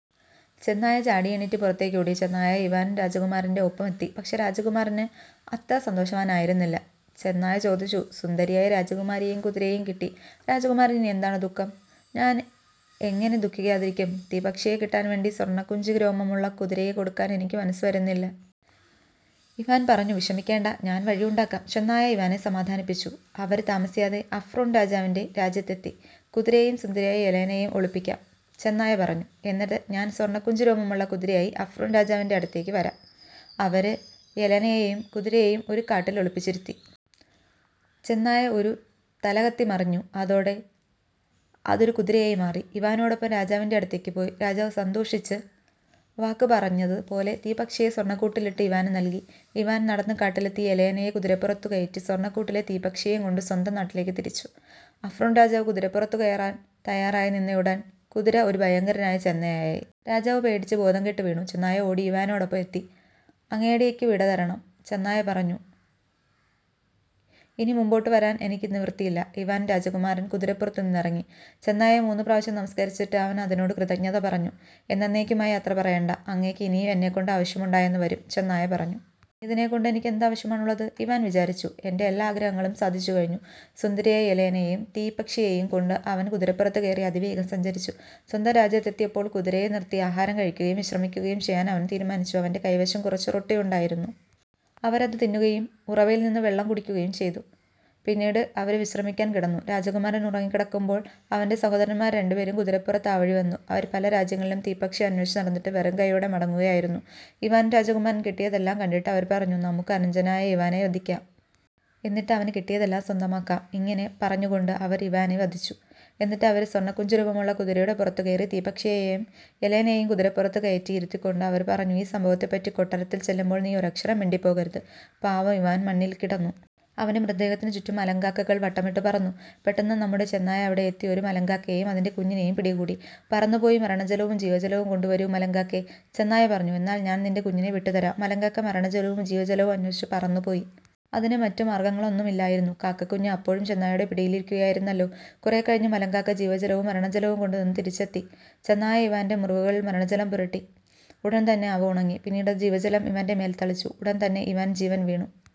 ചെന്നായ ചാടിയെണീററ് പുറത്തേക്കോടി. ചെന്നായ ഇവാന് രാജകമാരന്റെ ഒപ്പം എത്തി. പക്ഷേ രാജകുമാരന് അത്ര സന്തോഷവാനായിരുന്നില്ല. ചെന്നായ ചോദിച്ചു: "സുന്ദരിയായ രാജകുമാരിയെയും, കുതിരയെയും കിട്ടി. രാജകുമാരന് ഇനി എന്താണു ദുഃഖം? " "ഞാന് എങ്ങിനെ ദുഃഖിക്കാതിരിക്കും? തീപ്പക്ഷിയെ കിട്ടാന് വേണ്ടി സ്വര്ണ്ണുക്കുഞ്ചി രോമമുള്ള കുതിരയെ കൊടുക്കാന് എനിക്കു മനസ്സു വരുന്നില്ല. " ഇവാന് പറഞ്ഞു "വിഷമിക്കേണ്ട, ഞാന് വഴിയുണ്ടാക്കാം,'' ചെന്നായ ഇവാനെ സമാധാനിപ്പിച്ചു. അവര് താമസിയാതെ അഫ്റോണ് രാജാവിന്റെ രാജ്യത്തെത്തി. "കുതിരയേയും സുന്ദരിയായ യെലേനയേയും ഒളിപ്പിക്കാം," ചെന്നായ പറഞ്ഞു. "എന്നിട്ട് ഞാന് സ്വര്ണ്ണക്കുഞ്ചി രോമമുള്ള കുതിരയായി അഫ്റോണ് രാജാവിന്റെ യടുത്തേക്കു വരാം. " അവര് യെലേനയേയയം കുതിരയേയും ഒരു കാട്ടില് ഒളിപ്പിച്ചിരുത്തി. ചെന്നായ ഒന്നു തലകത്തിമറിഞ്ഞു. അതോടെ അതൊരു കുതിരയായി മാറി, ഇവാനോടൊപ്പം രാജാവിന്റെയടുത്തേക്കു പോയി. രാജാവു സന്തോഷിച്ച് വാക്ക് പറഞ്ഞത് പോലെ തീപ്പക്ഷിയെ സ്വര്ണ്ണക്കൂട്ടിലിട്ടു ഇവാനു നല്കി. ഇവാന് നടന്നു കാട്ടിലെത്തി യെലേനയെ കുതിരപ്പുറത്തു കയറ്റി സ്വര്ണ്ണക്കൂടിലെ തീപ്പക്ഷിയേയുകൊണ്ടു സ്വന്തം നാട്ടിലേക്കു തിരിച്ചു. അഫറോണ് രാജാവു കുതിരപ്പുറത്തുകയറാന് തയ്യാറായിനിന്നയുടന് കുതിര ഒരു ഭയങ്കരനായ ചെന്നായായി. രാജാവു പേടിച്ചു ബോധംകെട്ട് വീണു. ചെന്നായ ഓടി ഇവാനോടൊപ്പം എത്തി. "അങ്ങേണിയ്ക്ക് വിട തരണം. " ചെന്നായ പറഞ്ഞു. "ഇനി മുമ്പോട്ടു വരാന് എനിക്കു നിവൃത്തിയില്ല. " ഇവാന് രാജകുമാരന് കുതിരപ്പുറത്തുനിന്നിറങ്ങി. ചെന്നായയെ മൂന്നുപ്രാവശ്യം നമസ്കരിച്ചിട്ട് അവന് അതിനോടു കൃതജ്ഞത പറഞ്ഞു. "എന്നെന്നേയ്ക്കുമായി യാത്രപറയേണ്ട. അങ്ങേയ്ക്ക് ഇനിയും എന്നെക്കൊണ്ട് ആവശ്യമുണ്ടായെന്നു വരും," ചെന്നായ പറഞ്ഞു. "ഇനി ഇതിനെക്കൊണ്ട് എനിയ്ക്ക് എന്താവശ്യമാണുള്ളത്? " ഇവാന് വിചാരിച്ചു. "എന്റെ എല്ലാ ആഗ്രഹങ്ങളും സാധിച്ചുകഴിഞ്ഞു. " സുന്ദരിയായ യെലേനയേയും തീപ്പക്ഷിയേയുംകൊണ്ടു് അവന് കുതിരപ്പുറത്തു കയറി അതിവേഗം സഞ്ചരിച്ചു. സ്വന്തം രാജ്യത്തെത്തിയപ്പോള് കുതിരയെ നിര്ത്തി ആഹാരം കഴിക്കുകയും വിശ്രമിക്കുകയും ചെയ്യാന് അവന് തീരുമാനിച്ചു. അവന്റെ കൈവശം കുറച്ചു റൊട്ടിയുണ്ടായിരുന്നു. അവര് അതു തിന്നുകയും ഉറവയില്നിന്നു വെള്ളം കുടിക്കുകയും ചെയ്ത. പിന്നീട് അവര് വിശ്രമിക്കാന് കിടന്നു. രാജകമാരന് ഉറങ്ങിക്കിടക്കുമ്പോള് അവന്റെ സഹോദരന്മാര് രണ്ടുപേരും കുതിരപ്പുറത്ത് ആ വഴി വന്നു. അവര് പല രാജ്യങ്ങളിലും തീപ്പക്ഷിയെ അന്വേഷിച്ചു നടന്നിട്ട് വെറും കയ്യോടെ മടങ്ങുകയായിരുന്നു. ഇവാന് രാജകുമാരന് കിട്ടിയതെല്ലാം കണ്ടിട്ട് അവര് പറഞ്ഞു: "നമൂക്ക് അനുജനായ ഇവാനെ വധിക്കാം. എന്നിട്ട് അവനു കിട്ടിയതെല്ലാം സ്വന്തമാക്കാം. " ഇങ്ങിനെ പറഞ്ഞുകൊണ്ട് അവര് ഇവാനെ വധിച്ചു. എന്നിട്ട് അവര് സ്വര്ണ്ണക്കുഞ്ചിരോമമുള്ള കുതിരയുടെ പുറത്തു കയറി. തീപ്പക്ഷിയേയയം യെലേനയേയും കുതിരപ്പുറത്തു കയററി ഇരുത്തിക്കൊണ്ട് അവര് പറഞ്ഞു: "ഈ സംഭവത്തെപ്പറ്റി കൊട്ടാരത്തില് ചെല്ലുമ്പോള് നീ ഒരക്ഷരം മിണ്ടിപ്പോകരുത്! " പാവം ഇവാന് മണ്ണില്ക്കിടന്നു. അവന്റെ മൃതദേഹത്തിനു ചുററും മലങ്കാക്കകള് വട്ടമിട്ടു പറന്നു. പെട്ടെന്നു നമ്മുടെ ചെന്നായ അവിടെയെത്തി ഒരു മലങ്കാക്കയേയയം അതിന്റെ കുഞ്ഞിനേയും പിടികൂടി. "പറന്നുപോയി മരണജലവും ജീവജലവും കൊണ്ടുവരൂ മലങ്കാക്കേ. " ചെന്നായ പറഞ്ഞു. "എന്നാല് ഞാന് നിന്റെ കുഞ്ഞിനെ വിട്ടുതരാം. " മലങ്കാക്ക മരണജലവും ജീവജലവും അന്വേഷിച്ചു പറന്നു പോയി. അതിനു മററു മാര്ഗ്ഗമൊന്നുമില്ലായിരുന്നു കാക്കക്കുഞ്ഞ് അപ്പോഴും ചെന്നായുടെ പിടിയിലിരിക്കുകയായിരുന്നല്ലോ. കുറേക്കഴിഞ്ഞു മലങ്കാക്ക ജീവജലവും മരണജലവുംകൊണ്ടു തിരിച്ചെത്തി. ചെന്നായ ഇവാന്റെ മുറിവുകളില് മരണജലം പുരട്ടി. ഉടന് തന്നെ അവ ഉണങ്ങി. പിന്നീട് അതു ജീവജലം ഇവാന്റെ മേല് തളിച്ചു. ഉടന്തന്നെ ഇവാന് ജീവന് വീണു.